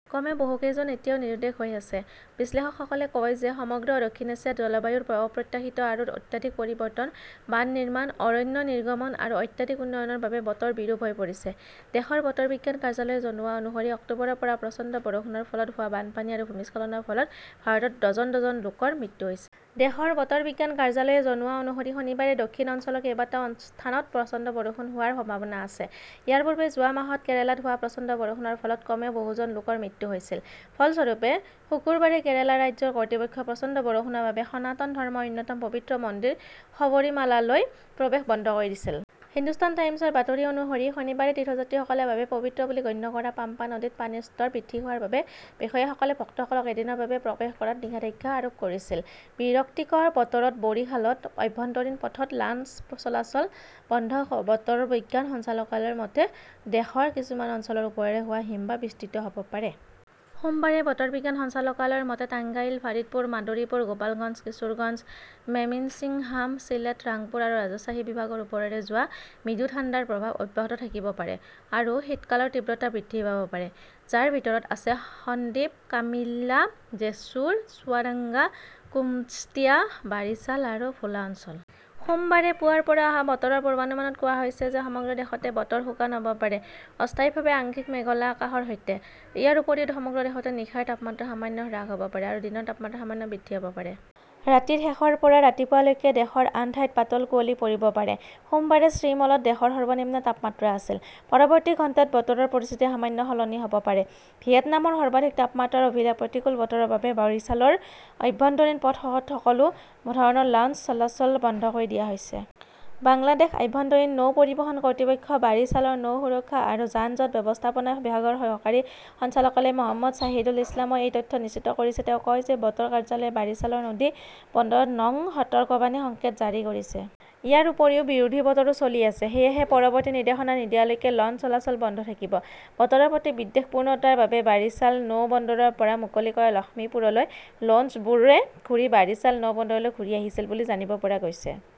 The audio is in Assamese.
কমেও বহু কেইজন এতিয়াও নিৰুদ্দেশ হৈ আছে। বিশ্লেষকসকলে কয় যে সমগ্ৰ দক্ষিণ এছিয়াত জলবায়ুৰ অপ্ৰত্যাশিত আৰু অত্যাধিক পৰিৱৰ্তন, বান্ধ নিৰ্মাণ, অৰণ্য নিৰ্গমন আৰু অত্যাধিক উন্নয়নৰ বাবে বতৰ বিৰূপ হৈ পৰিছে। দেশৰ বতৰ বিজ্ঞান কাৰ্যালয়ে জনোৱা অনুসৰি অক্টোবৰৰ পৰা প্ৰচণ্ড বৰষুণৰ ফলত হোৱা বানপানী আৰু ভূমিস্খলনৰ ফলত ভাৰতত ডজন ডজন লোকৰ মৃত্যু হৈছে। দেশৰ বতৰ বিজ্ঞান কাৰ্যালয়ে জনোৱা অনুসৰি শনিবাৰে দক্ষিণ অঞ্চলৰ কেইবাটাও স্থানত প্ৰচণ্ড বৰষুণ হোৱাৰ সম্ভাৱনা আছে। ইয়াৰ পূৰ্বে যোৱা মাহত কেৰালাত হোৱা প্ৰচণ্ড বৰষুণৰ ফলত কমেও বহুজন লোকৰ মৃত্যু হৈছিল। ফলস্বৰূপে, শুকুৰবাৰে কেৰালা ৰাজ্যৰ কৰ্তৃপক্ষই প্ৰচণ্ড বৰষুণৰ বাবে সনাতন ধৰ্মৰ অন্যতম পবিত্ৰ মন্দিৰ শবৰীমালালৈ প্ৰৱেশ বন্ধ কৰি দিছিল। হিন্দুস্থান টাইমছৰ বাতৰি অনুসৰি, শনিবাৰে তীৰ্থযাত্ৰীসকলৰ বাবে পবিত্ৰ বুলি গণ্য কৰা পাম্পা নদীত পানীৰ স্তৰ বৃদ্ধি হোৱাৰ বাবে বিষয়াসকলে ভক্তসকলক এদিনৰ বাবে প্ৰৱেশ কৰাত নিষেধাজ্ঞা আৰোপ কৰিছিল। বিৰক্তিকৰ বতৰত বৰিশালত আভ্যন্তৰীণ পথত লাঞ্চ চলাচল বন্ধ বতৰ বিজ্ঞান সঞ্চালকালয়ৰ মতে, দেশৰ কিছুমান অঞ্চলৰ ওপৰেৰে হোৱা হিমবাহ বিস্তৃত হ'ব পাৰে। সোমবাৰে বতৰ বিজ্ঞান সঞ্চালকালয়ৰ মতে, টাঙ্গাইল, ফাৰিদপুৰ, মাদৰীপুৰ, গোপালগঞ্জ, কিশোৰগঞ্জ। মেমিন্সিংহাম, ছিলেট, ৰাংপুৰ আৰু ৰাজশ্বাহী বিভাগৰ ওপৰেৰে যোৱা মৃদু ঠাণ্ডাৰ প্ৰৱাহ অব্যাহত থাকিব পাৰে আৰু শীতকালৰ তীব্ৰতা বৃদ্ধি পাব পাৰে, যাৰ ভিতৰত আছে সন্দিপ, কামিল্লা, জেছুৰ, চুৱাদাঙ্গা, কুশ্তিয়া, বাৰিছাল আৰু ভোলা অঞ্চল। সোমবাৰে পুৱাৰ পৰা অহা বতৰৰ পূৰ্বানুমানত কোৱা হৈছে যে সমগ্ৰ দেশতে বতৰ শুকান হ'ব পাৰে, অস্থায়ীভাৱে আংশিক মেঘলা আকাশৰ সৈতে। ইয়াৰ উপৰিও সমগ্ৰ দেশতে নিশাৰ তাপমাত্ৰা সামান্য হ্ৰাস হ'ব পাৰে আৰু দিনৰ তাপমাত্ৰা সামান্য বৃদ্ধি হ'ব পাৰে। ৰাতিৰ শেষৰ পৰা ৰাতিপুৱালৈকে দেশৰ আন ঠাইত পাতল কুঁৱলী পৰিব পাৰে। সোমবাৰে শ্ৰীমলত দেশৰ সৰ্বনিম্ন তাপমাত্ৰা আছিল। পৰৱৰ্তী ঘণ্টাত বতৰৰ পৰিস্থিতি সামান্য সলনি হ'ব পাৰে। ভিয়েটনামৰ সৰ্বাধিক তাপমাত্ৰাৰ অভিলেখ প্ৰতিকূল বতৰৰ বাবে বাৰিছালৰ আভ্যন্তৰীণ পথত সকলো ধৰণৰ লঞ্চ চলাচল বন্ধ কৰি দিয়া হৈছে। বাংলাদেশ আভ্যন্তৰীণ নৌ পৰিবহণ কৰ্তৃপক্ষ বাৰিছালৰ নৌ সুৰক্ষা আৰু যান-জঁট ব্যৱস্থাপনা বিভাগৰ সহকাৰী সঞ্চালক মো. শ্বহিদুল ইছলামই এই তথ্য নিশ্চিত কৰিছে। তেওঁ কয় যে বতৰ কাৰ্যালয়ে বাৰিছাল নদী বন্দৰত নং সতৰ্কবাণী সংকেত জাৰি কৰিছে। ইয়াৰ উপৰিও বিৰোধী বতৰো চলি আছে। সেয়েহে পৰৱৰ্তী নিৰ্দেশনা নিদিয়ালৈকে লঞ্চ চলাচল বন্ধ থাকিব। বতৰৰ প্ৰতি বিদ্বেষপূৰ্ণতাৰ বাবে বাৰিছাল নৌ বন্দৰৰ পৰা মুকলি কৰা লক্ষ্মীপুৰলৈ লোঞ্চবোৰে ঘূৰি বাৰিছাল নৌ বন্দৰলৈ ঘূৰি আহিছিল বুলি জানিব পৰা গৈছে।